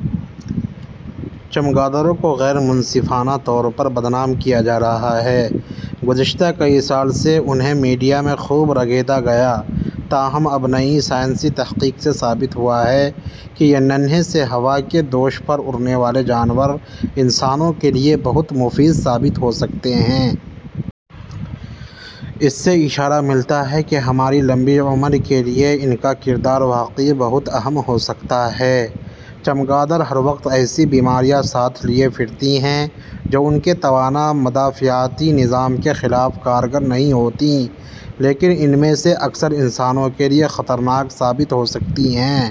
، چمگادڑوں کو غیر منصفانہ طور پر بدنام کیا جا رہا ہے۔ گذشتہ کئی سال سے انھیں میڈیا میں خوب رگیدا گیا۔ تاہم اب نئی سائنسی تحقیق سے ثابت ہوا ہے کہ یہ ننھے سے ہوا کے دوش پر اڑنے والے جانور انسانوں کے لیے بہت مفید ثابت ہو سکتے ہیں۔ اس سے اشارہ ملتا ہے کہ ہماری لمبی عمر کے لیے ان کا کردار واقعی بہت اہم ہو سکتا ہے۔ چمگادڑ ہر وقت ایسی بیماریاں ساتھ لیے پھرتی ہیں جو ان کے توانا مدافعاتی نظام کے خلاف کارگر نہیں ہوتیں لیکن ان میں سے اکثر انسانوں کے لیے خطرناک ثابت ہو سکتی ہیں۔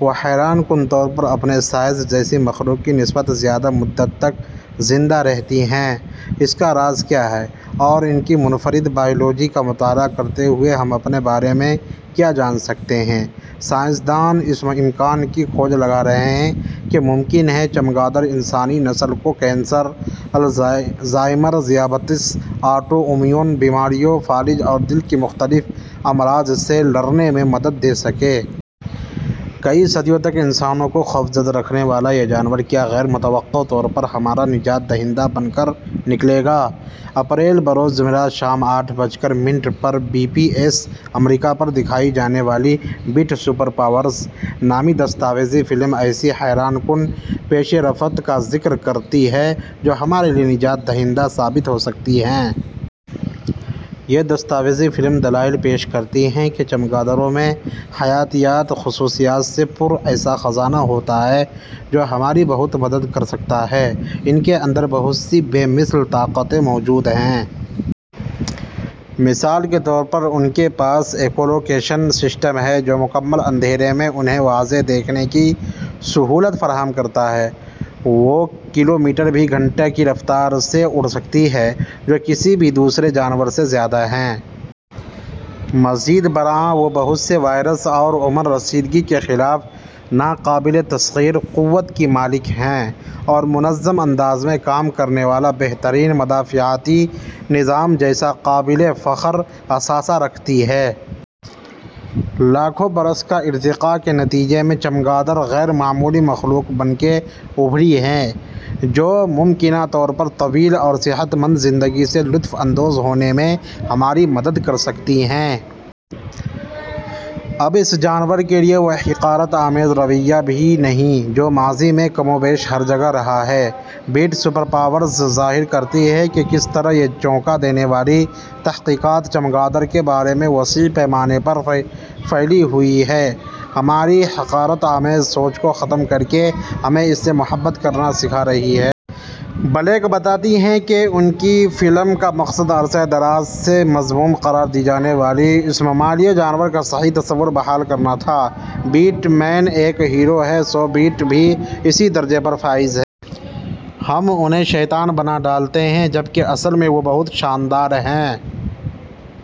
وہ حیران کن طور پر اپنے سائز جیسی مخلوق کی نسبت زیادہ مدت تک زندہ رہتی ہیں۔ اس کا راز کیا ہے؟ اور ان کی منفرد بائیولوجی کا مطالعہ کرتے ہوئے ہم اپنے بارے میں کیا جان سکتے ہیں؟ سائنس دان اس امکان کی کھوج لگا رہے ہیں کہ ممکن ہے چمگادڑ انسانی نسل کو کینسر، الزائمر، ذیابیطس، آٹو امیون بیماریوں، فالج اور دل کی مختلف امراض سے لڑنے میں مدد دے سکے۔ کئی صدیوں تک انسانوں کو خوفزدہ رکھنے والا یہ جانور کیا غیر متوقع طور پر ہمارا نجات دہندہ بن کر نکلے گا؟ اپریل بروز جمعرات، شام آٹھ بج کر منٹ پر بی پی ایس امریکا پر دکھائی جانے والی 'بیٹ سپر پاورز' نامی دستاویزی فلم ایسی حیران کن پیش رفت کا ذکر کرتی ہے جو ہمارے لیے نجات دہندہ ثابت ہو سکتی ہیں۔ یہ دستاویزی فلم دلائل پیش کرتی ہے کہ چمگادڑوں میں حیاتیات ی خصوصیات سے پُر ایسا خزانہ ہوتا ہے جو ہماری بہت مدد کر سکتا ہے۔ ان کے اندر بہت سی بے مثل طاقتیں موجود ہیں۔ مثال کے طور پر ان کے پاس ایکو لوکیشن سسٹم ہے جو مکمل اندھیرے میں انھیں واضح دیکھنے کی سہولت فراہم کرتا ہے۔ وہ کلومیٹر فی گھنٹہ کی رفتار سے اڑ سکتی ہیں جو کسی بھی دوسرے جانور سے زیادہ ہے۔ مزید برآں وہ بہت سے وائرس اور عمر رسیدگی کے خلاف ناقابل تسخیر قوت کی مالک ہیں اور منظم انداز میں کام کرنے والا بہترین مدافعتی نظام جیسا قابل فخر اثاثہ رکھتی ہیں۔ لاکھوں برس کا ارتقا کے نتیجے میں چمگاڈر غیر معمولی مخلوق بن کے ابھری ہیں جو ممکنہ طور پر طویل اور صحت مند زندگی سے لطف اندوز ہونے میں ہماری مدد کر سکتی ہیں۔ اب اس جانور کے لیے وہ حقارت آمیز رویہ بھی نہیں جو ماضی میں کم و بیش ہر جگہ رہا ہے۔ 'بیٹ سپر پاورز' ظاہر کرتی ہے کہ کس طرح یہ چونکا دینے والی تحقیقات چمگادڑ کے بارے میں وسیع پیمانے پر پھیلی ہوئی ہماری حقارت آمیز سوچ کو ختم کر کے ہمیں اس سے محبت کرنا سکھا رہی ہے۔ بلیک بتاتی ہیں کہ ان کی فلم کا مقصد عرصہ دراز سے مذموم قرار دی جانے والی اس ممالیہ جانور کا صحیح تصور بحال کرنا تھا۔ 'بیٹ مین ایک ہیرو ہے سو بیٹ بھی اسی درجے پر فائز ہے۔ ہم انھیں شیطان بنا ڈالتے ہیں جبکہ اصل میں وہ بہت شاندار ہیں۔